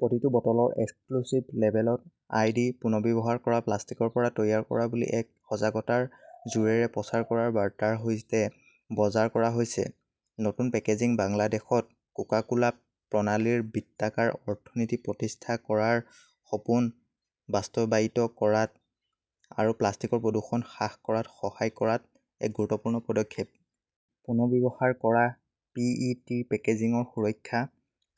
প্ৰতিটো বটলৰ এক্স্ক্লুসিভ্ লেবেলত আই. ডি. পুনৰ্ব্যৱহাৰ কৰা প্লাষ্টিকৰ পৰা তৈয়াৰ কৰা বুলি এক সজাগতাৰ জোৰেৰে প্ৰচাৰ কৰা বাৰ্তাৰ সৈতে বজাৰ কৰা হৈছে। নতুন পেকেজিং বাংলাদেশত কোকা-কোলা প্ৰণালীৰ বৃত্তাকাৰ অৰ্থনীতি প্ৰতিষ্ঠা কৰাৰ সপোন বাস্তৱায়িত কৰাত আৰু প্লাষ্টিকৰ প্ৰদূষণ হ্ৰাস কৰাত সহায় কৰাত এক গুৰুত্বপূৰ্ণ পদক্ষেপ। পুনৰ্ব্যৱহাৰ কৰা পি. ই. টি. পেকেজিংৰ সুৰক্ষা,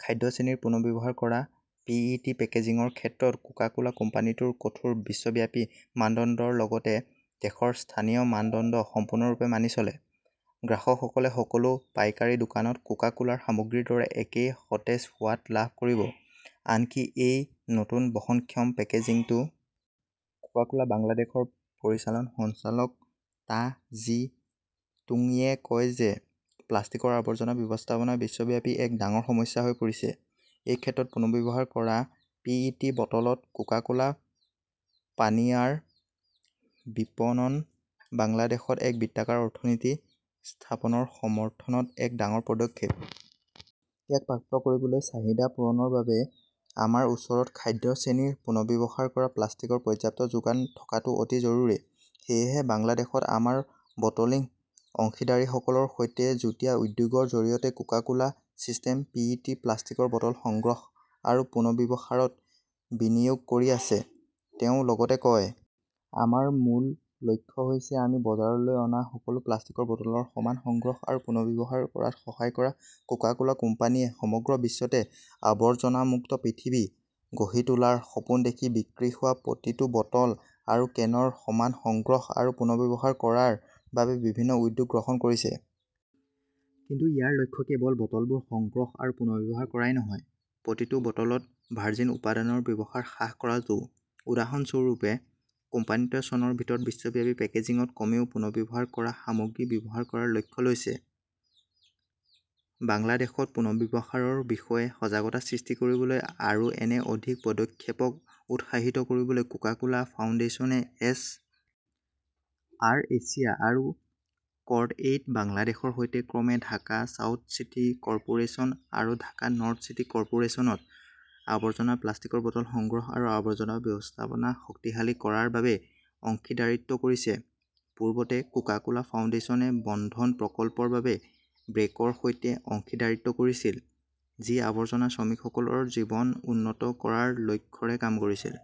খাদ্য-শ্ৰেণীৰ পুনৰ্ব্যৱহাৰ কৰা পি. ই. টি. পেকেজিংৰ ক্ষেত্ৰত কোকা-কোলা কোম্পানীটোৰ কঠোৰ বিশ্বব্যাপী মানদণ্ডৰ লগতে দেশৰ স্থানীয় মানদণ্ড সম্পূৰ্ণৰূপে মানি চলে। গ্ৰাহকসকলে সকলো পাইকাৰী দোকানত কোকা-কোলাৰ সামগ্ৰীৰ দৰে একে সতেজ সোৱাদ লাভ কৰিব, আনকি এই নতুন বহনক্ষম পেকেজিংতো। কোকা-কোলা বাংলাদেশৰ পৰিচালন সঞ্চালক টা জি টুংয়ে কয় যে, প্লাষ্টিকৰ আৱৰ্জনা ব্যৱস্থাপনা বিশ্বব্যাপী এক ডাঙৰ সমস্যা হৈ পৰিছে। এই ক্ষেত্ৰত পুনৰ্ব্যৱহাৰ কৰা পি. ই. টি. বটলত কোকা-কোলা পানীয়াৰ বিপণন বাংলাদেশত এক বৃত্তাকাৰ অৰ্থনীতি স্থাপনৰ সমৰ্থনত এক ডাঙৰ পদক্ষেপ। ইয়াক প্ৰাপ্ত কৰিবলৈ, চাহিদা পূৰণৰ বাবে আমাৰ ওচৰত খাদ্য-শ্ৰেণীৰ পুনৰ্ব্যৱহাৰ কৰা প্লাষ্টিকৰ পৰ্যাপ্ত যোগান থকাটো অতি জৰুৰী। সেয়েহে বাংলাদেশত আমাৰ বটলিং অংশীদাৰসকলৰ সৈতে যুটীয়া উদ্যোগৰ জৰিয়তে Coca Cola system P. E. T. প্লাষ্টিকৰ বটল সংগ্ৰহ আৰু পুনৰ্ব্যৱহাৰত বিনিয়োগ কৰি আছে, তেওঁ লগতে কয়। আমাৰ মূল লক্ষ্য হৈছে আমি বজাৰলৈ অনা সকলো প্লাষ্টিকৰ বটলৰ সমান সংগ্ৰহ আৰু পুনৰ্ব্যৱহাৰ কৰাত সহায় কৰা কোকা-কোলা কোম্পানীয়ে সমগ্ৰ বিশ্বতে 'আৱৰ্জনামুক্ত পৃথিৱী' গঢ়ি তোলাৰ সপোন দেখি বিক্ৰী হোৱা প্ৰতিটো বটল আৰু কেনৰ সমান সংগ্ৰহ আৰু পুনৰ্ব্যৱহাৰ কৰাৰ বাবে বিভিন্ন উদ্যোগ গ্ৰহণ কৰিছে। কিন্তু ইয়াৰ লক্ষ্য কেৱল বটলবোৰ সংগ্ৰহ আৰু পুনৰ্ব্যৱহাৰ কৰাই নহয়, প্ৰতিটো বটলত ভাৰ্জিন উপাদানৰ ব্যৱহাৰ হ্ৰাস কৰাটোও। উদাহৰণস্বৰূপে, কোম্পানীটোৱে চনৰ ভিতৰত বিশ্বব্যাপী পেকেজিংত কমেও পুনৰ্ব্যৱহাৰ কৰা সামগ্ৰী ব্যৱহাৰ কৰাৰ লক্ষ্য লৈছে। বাংলাদেশত পুনৰ্ব্যৱহাৰৰ বিষয়ে সজাগতা সৃষ্টি কৰিবলৈ আৰু এনে অধিক পদক্ষেপক উৎসাহিত কৰিবলৈ কোকা-কোলা ফাউণ্ডেশ্যনে এছ. আৰ. এছিয়া আৰু কৰ্ডএইড বাংলাদেশৰ সৈতে ক্ৰমে ঢাকা চাউথ চিটি কৰ্পোৰেচন আৰু ঢাকা নৰ্থ চিটি কৰ্পোৰেছনত আৱৰ্জনা প্লাষ্টিকৰ বটল সংগ্ৰহ আৰু আৱৰ্জনা ব্যৱস্থাপনা শক্তিশালী কৰাৰ বাবে অংশীদাৰীত্ব কৰিছে। পূৰ্বতে, কোকা-কোলা ফাউণ্ডেশ্যনে বন্ধন প্ৰকল্পৰ বাবে ব্ৰেকৰ সৈতে অংশীদাৰীত্ব কৰিছিল, যি আৱৰ্জনা শ্ৰমিকসকলৰ জীৱন উন্নত কৰাৰ লক্ষ্যৰে কাম কৰিছিল।